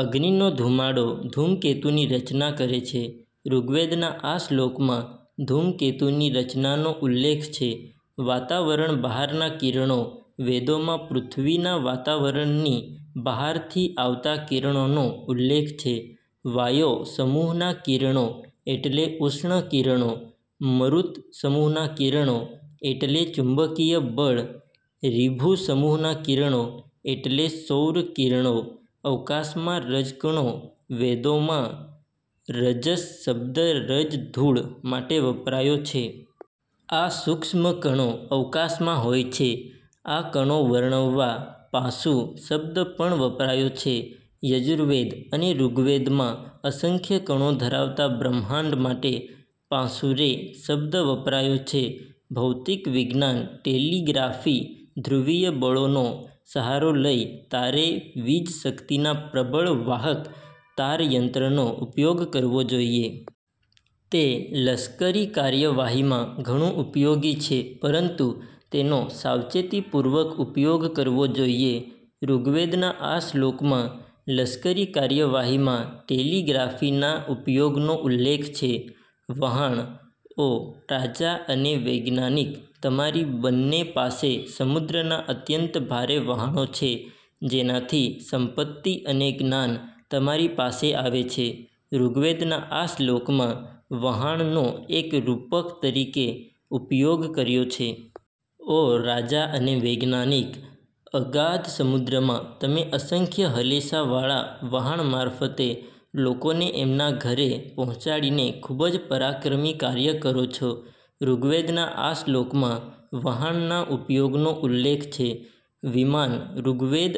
અગ્નિનો ધુમાડો ધૂમકેતુની રચના કરે છે" ઋગ્વેદના આ શ્લોકમાં, ધૂમકેતુ ની રચનાનો ઉલ્લેખ છે. વાતાવરણ બહારના કિરણો વેદોમાં પૃથ્વીના વાતાવરણની બહારથી આવતા કિરણોનો ઉલ્લેખ છે. વાયો સમૂહના કિરણો એટલે ઉષ્ણ કિરણો, મરુત સમૂહના કિરણો એટલે ચુંબકીય બળ, રીભુ સમૂહના કિરણો એટલે સૌર કિરણો અવકાશમાં રજકણો વેદોમાં 'રજસ' શબ્દ રજ-ધૂળ માટે વપરાયો છે. આ સુક્ષ્મ કણો અવકાશમાં હોય છે. આ કણો વર્ણવવા "પાંસુ" શબ્દ પણ વપરાયો છે. યજુર્વેદ અને ઋગ્વેદમાં અસંખ્ય કણો ધરાવતા બ્રહ્માંડ માટે "પાંસુરે" શબ્દ વપરાયો છે ભૌતિક વિજ્ઞાન ટેલીગ્રાફી "ધ્રુવીય બળોનો સહારો લઇ, તારે વીજશક્તિના પ્રબળ વાહક તાર યંત્રનો ઉપયોગ કરવો જોઈએ. તે લશ્કરી કાર્યવાહીમાં ઘણું ઉપયોગી છે પરંતુ તેનો સાવચેતીપૂર્વક ઉપયોગ કરવો જોઈએ" ઋગ્વેદના આ શ્લોકમાં, લશ્કરી કાર્યવાહીમાં ટેલીગ્રાફી ના ઉપયોગનો ઉલ્લેખ છે. વહાણ "ઓ રાજા અને વૈજ્ઞાનિક, તમારી બંને પાસે સમુદ્રનાં અત્યંત ભારે વહાણો છે જેનાથી સંપત્તિ અને જ્ઞાન તમારી પાસે આવે છે" ઋગ્વેદના આ શ્લોકમાં, વહાણનો એક રૂપક તરીકે ઉપયોગ કર્યો છે. "ઓ રાજા અને વૈજ્ઞાનિક, અગાધ સમુદ્રમાં તમે અસંખ્ય હલેસાંવાળા વહાણ મારફતે લોકોને એમના ઘરે પહોંચાડીને ખુબ જ પરાક્રમી કાર્ય કરો છો" ઋગ્વેદના આ શ્લોકમાં, વહાણના ઉપયોગનો ઉલ્લેખ છે. વિમાન ઋગ્વેદ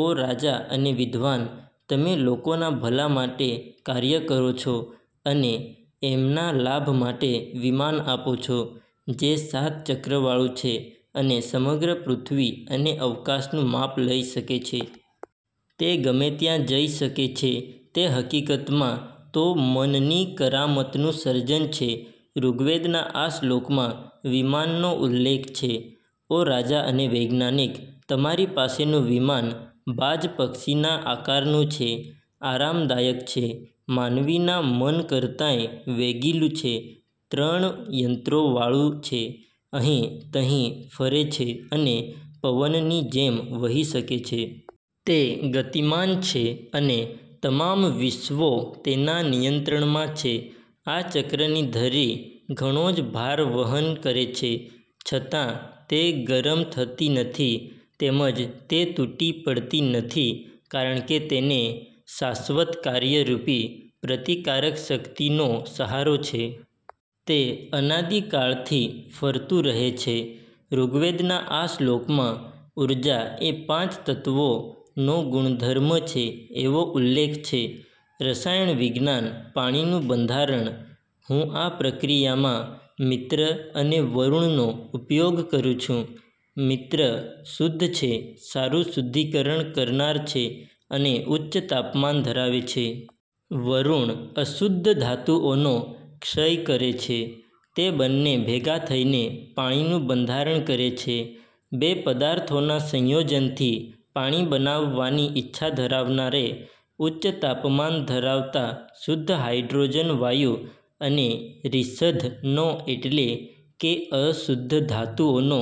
"ઓ રાજા અને વિદ્વાન, તમે લોકોના ભલા માટે કાર્ય કરો છો અને એમના લાભ માટે વિમાન આપો છો જે સાત ચક્રવાળું છે અને સમગ્ર પૃથ્વી અને અવકાશનું માપ લઇ શકે છે. તે ગમે ત્યાં જઈ શકે છે. તે હકીકતમાં તો મનની કરામતનું સર્જન છે" ઋગ્વેદના આ શ્લોકમાં, વિમાનનો ઉલ્લેખ છે. "ઓ રાજા અને વૈજ્ઞાનિક, તમારી પાસેનું વિમાન બાજ પક્ષીના આકારનું છે, આરામદાયક છે, માનવીના મન કરતાંય વેગીલું છે, ત્રણ યંત્રોવાળું છે, અહીં-તહીં ફરે છે અને પવનની જેમ વહી શકે છે. તે ગતિમાન છે અને તમામ વિશ્વો તેના નિયંત્રણમાં છે. આ ચક્રની ધરી ઘણો જ ભાર વહન કરે છે છતાં તે ગરમ થતી નથી તેમજ તે તૂટી પડતી નથી કારણકે તેને શાશ્વત કાર્ય રૂપી પ્રતિકારક શક્તિનો સહારો છે. તે અનાદીકાળથી ફરતું રહે છે" ઋગ્વેદના આ શ્લોકમાં, ઊર્જા એ પાંચ તત્વો નો ગુણધર્મ છે એવો ઉલ્લેખ છે. રસાયણ વિજ્ઞાન પાણીનું બંધારણ "હું આ પ્રક્રિયામાં મિત્ર અને વરુણ નો ઉપયોગ કરું છું. મિત્ર શુદ્ધ છે, સારું શુદ્ધિકરણ કરનાર છે અને ઉચ્ચ તાપમાન ધરાવે છે. વરુણ અશુદ્ધ ધાતુઓનો ક્ષય કરે છે. તે બંને ભેગા થઈને પાણીનું બંધારણ કરે છે" "બે પદાર્થોના સંયોજનથી પાણી બનાવવાની ઈચ્છા ધરાવનારે, ઉચ્ચ તાપમાન ધરાવતા શુદ્ધ હાઇડ્રોજન વાયુ અને 'રીસધ'નો એટલે કે અશુદ્ધ ધાતુઓનો।